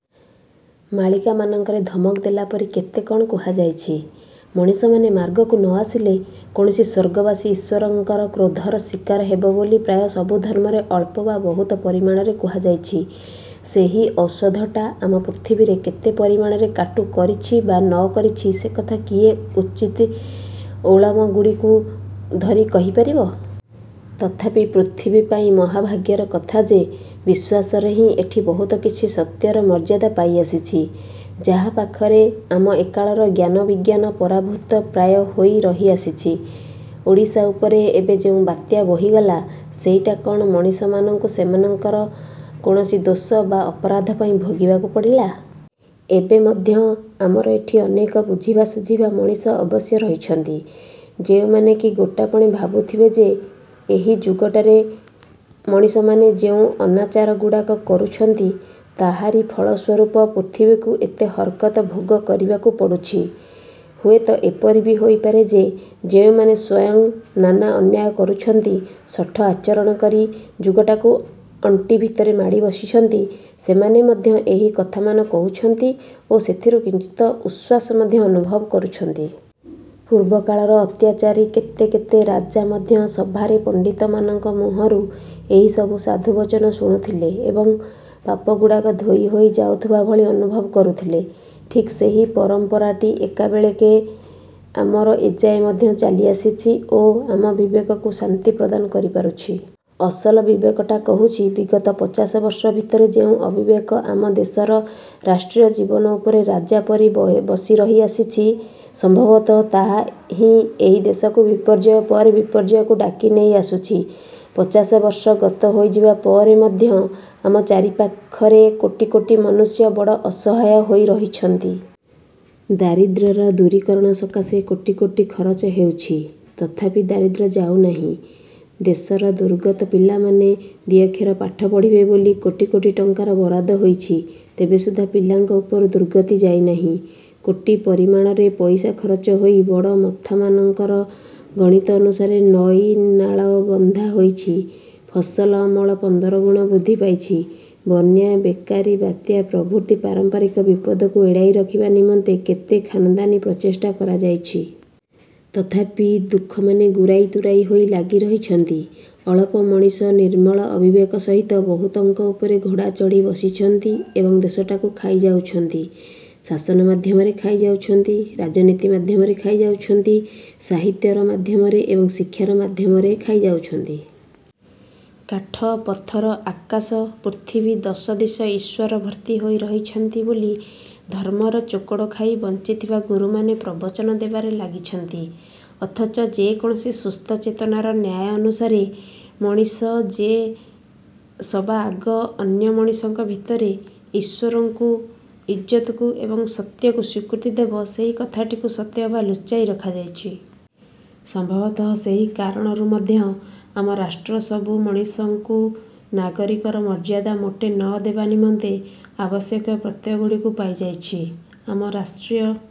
ମାଳିକାମାନଙ୍କରେ ଧମକ ଦେଲାପରି କେତେ କଣ କୁହାଯାଇଛି। ମଣିଷମାନେ ମାର୍ଗକୁ ନ ଆସିଲେ କୌଣସି ସ୍ୱର୍ଗବାସୀ ଈଶ୍ୱରଙ୍କର କ୍ରୋଧର ଶିକାର ହେବେ ବୋଲି ପ୍ରାୟ ସବୁ ଧର୍ମରେ ଅଳ୍ପ ବା ବହୁତ ପରିମାଣରେ କୁହାଯାଇଛି। ସେହି ଔଷଧଟା ଆମ ପୃଥିବୀରେ କେତେ ପରିମାଣରେ କାଟୁ କରିଛି ବା ନ କରିଛି ସେକଥା କିଏ ଉଚିତ ଓଳମଗୁଡ଼ିକୁ ଧରି କହିପାରିବ? ତଥାପି ପୃଥିବୀ ପାଇଁ ମହାଭାଗ୍ୟର କଥା ଯେ ବିଶ୍ୱାସରେ ହିଁ ଏଠି ବହୁତ କିଛି ସତ୍ୟର ମର୍ଯ୍ୟାଦା ପାଇ ଆସିଛି, ଯାହା ପାଖରେ ଆମ ଏକାଳର ଜ୍ଞାନବିଜ୍ଞାନ ପରାଭୂତ ପ୍ରାୟ ହୋଇ ରହି ଆସିଛି। ଓଡ଼ିଶା ଉପରେ ଏବେ ଯେଉଁ ବାତ୍ୟା ବୋହିଗଲା, ସେଇଟା କଣ ମଣିଷମାନଙ୍କୁ ସେମାନଙ୍କର କୌଣସି ଦୋଷ ବା ଅପରାଧ ପାଇଁ ଭୋଗିବାକୁ ପଡ଼ିଲା? ଏବେ ମଧ୍ୟ ଆମର ଏଠି ଅନେକ ବୁଝିବା ଶୁଝିବା ମଣିଷ ଅବଶ୍ୟ ରହିଛନ୍ତି, ଯେଉଁମାନେ କି ଗୋଟାପଣେ ଭାବୁଥିବେ ଯେ, ଏହି ଯୁଗଟାରେ ମଣିଷମାନେ ଯେଉଁ ଅନାଚାରଗୁଡ଼ାକ କରୁଛନ୍ତି, ତାହାରି ଫଳସ୍ୱରୂପ ପୃଥିବୀକୁ ଏତେ ହରକତ ଭୋଗ କରିବାକୁ ପଡୁଛି। ହୁଏତ ଏପରି ବି ହୋଇପାରେ ଯେ, ଯେଉଁମାନେ ସ୍ୱୟଂ ନାନା ଅନ୍ୟାୟ କରୁଛନ୍ତି, ଶଠ ଆଚରଣ କରି ଯୁଗଟାକୁ ଅଣ୍ଟି ଭିତରେ ମାଡ଼ି ବସିଛନ୍ତି, ସେମାନେ ମଧ୍ୟ ଏହି କଥାମାନ କହୁଛନ୍ତି ଓ ସେଥିରୁ କିଞ୍ଚିତ ଉଶ୍ୱାସ ମଧ୍ୟ ଅନୁଭବ କରୁଛନ୍ତି। ପୂର୍ବକାଳର ଅତ୍ୟାଚାରୀ କେତେ କେତେ ରାଜା ମଧ୍ୟ ସଭାରେ ପଣ୍ଡିତମାନଙ୍କ ମୁହଁରୁ ଏହିସବୁ ସାଧୁବଚନ ଶୁଣୁଥିଲେ ଏବଂ ପାପଗୁଡ଼ାକ ଧୋଇ ହୋଇ ଯାଉଥିବା ଭଳି ଅନୁଭବ କରୁଥିଲେ। ଠିକ୍ ସେହି ପରମ୍ପରାଟି ଏକାବେଳେକେ ଆମର ଏଯାଏ ମଧ୍ୟ ଚାଲିଆସିଛି ଓ ଆମ ବିବେକକୁ ଶାନ୍ତି ପ୍ରଦାନ କରିପାରୁଛି। ଅସଲ ବିବେକଟା କହୁଛି, ବିଗତ ପଚାଶ ବର୍ଷ ଭିତରେ ଯେଉଁ ଅବିବେକ ଆମ ଦେଶର ରାଷ୍ଟ୍ରୀୟ ଜୀବନ ଉପରେ ରାଜା ପରି ବସିରହି ଆସିଛି, ସମ୍ଭବତଃ ତାହା ହିଁ ଏହି ଦେଶକୁ ବିପର୍ଯ୍ୟୟ ପରେ ବିପର୍ଯ୍ୟୟକୁ ଡାକିନେଇ ଆସୁଛି। ପଚାଶ ବର୍ଷ ଗତ ହୋଇଯିବା ପରେ ମଧ୍ୟ ଆମ ଚାରିପାଖରେ କୋଟି କୋଟି ମନୁଷ୍ୟ ବଡ଼ ଅସହାୟ ହୋଇ ରହିଛନ୍ତି। ଦାରିଦ୍ର୍ୟର ଦୂରୀକରଣ ସକାଶେ କୋଟି କୋଟି ଖରଚ ହେଉଛି, ତଥାପି ଦାରିଦ୍ର୍ୟ ଯାଉନାହିଁ। ଦେଶର ଦୁର୍ଗତ ପିଲାମାନେ ଦି ଅକ୍ଷର ପାଠ ପଢ଼ିବେ ବୋଲି କୋଟି କୋଟି ଟଙ୍କାର ବରାଦ ହୋଇଛି ତେବେ ସୁଦ୍ଧା ପିଲାଙ୍କ ଉପରୁ ଦୁର୍ଗତି ଯାଇନାହିଁ। କୋଟି ପରିମାଣରେ ପଇସା ଖରଚ ହୋଇ ବଡ଼ମଥାମାନଙ୍କର ଗଣିତ ଅନୁସାରେ ନଈ ନାଳ ବନ୍ଧା ହୋଇଛି, ଫସଲ ଅମଳ ପନ୍ଦରଗୁଣ ବୃଦ୍ଧି ପାଇଛି, ବନ୍ୟା, ବେକାରୀ, ବାତ୍ୟା ପ୍ରଭୃତି ପାରମ୍ପରିକ ବିପଦକୁ ଏଡ଼ାଇ ରଖିବା ନିମନ୍ତେ କେତେ ଖାନଦାନୀ ପ୍ରଚେଷ୍ଟା କରାଯାଇଛି। ତଥାପି ଦୁଃଖମାନେ ଗୁରାଇ ତୁରାଇ ହୋଇ ଲାଗି ରହିଛନ୍ତି। ଅଳପ ମଣିଷ ନିର୍ମଳ ଅବିବେକ ସହିତ ବହୁତଙ୍କ ଉପରେ ଘୋଡ଼ା ଚଢ଼ି ବସିଛନ୍ତି ଏବଂ ଦେଶଟାକୁ ଖାଇଯାଉଛନ୍ତି। ଶାସନ ମାଧ୍ୟମରେ ଖାଇ ଯାଉଛନ୍ତି, ରାଜନୀତି ମାଧ୍ୟମରେ ଖାଇ ଯାଉଛନ୍ତି, ସାହିତ୍ୟର ମାଧ୍ୟମରେ ଏବଂ ଶିକ୍ଷାର ମାଧ୍ୟମରେ ଖାଇ ଯାଉଛନ୍ତି। କାଠ, ପଥର, ଆକାଶ, ପୃଥିବୀ ଦଶଦିଶ ଈଶ୍ୱର ଭର୍ତ୍ତି ହୋଇ ରହିଛନ୍ତି ବୋଲି ଧର୍ମର ଚୋକଡ଼ ଖାଇ ବଞ୍ଚିଥିବା ଗୁରୁମାନେ ପ୍ରବଚନ ଦେବାରେ ଲାଗିଛନ୍ତି ଅଥଚ ଯେକୌଣସି ସୁସ୍ଥ ଚେତନାର ନ୍ୟାୟ ଅନୁସାରେ ମଣିଷ ଯେ ସବାଆଗ ଅନ୍ୟ ମଣିଷଙ୍କ ଭିତରେ ଈଶ୍ୱରଙ୍କୁ, ଇଜ୍ଜତକୁ ଏବଂ ସତ୍ୟକୁ ସ୍ୱୀକୃତି ଦେବ, ସେହି କଥାଟିକୁ ସତେ ଅବା ଲୁଚାଇ ରଖାଯାଇଛି। ସମ୍ଭବତଃ ସେହି କାରଣରୁ ମଧ୍ୟ ଆମ ରାଷ୍ଟ୍ର ସବୁ ମଣିଷଙ୍କୁ ନାଗରିକର ମର୍ଯ୍ୟାଦା ମୋଟେ ନ ଦେବା ନିମନ୍ତେ ଆବଶ୍ୟକ ପ୍ରତ୍ୟୟଗୁଡ଼ିକୁ ପାଇଯାଇଛି। ଆମ ରାଷ୍ଟ୍ରୀୟ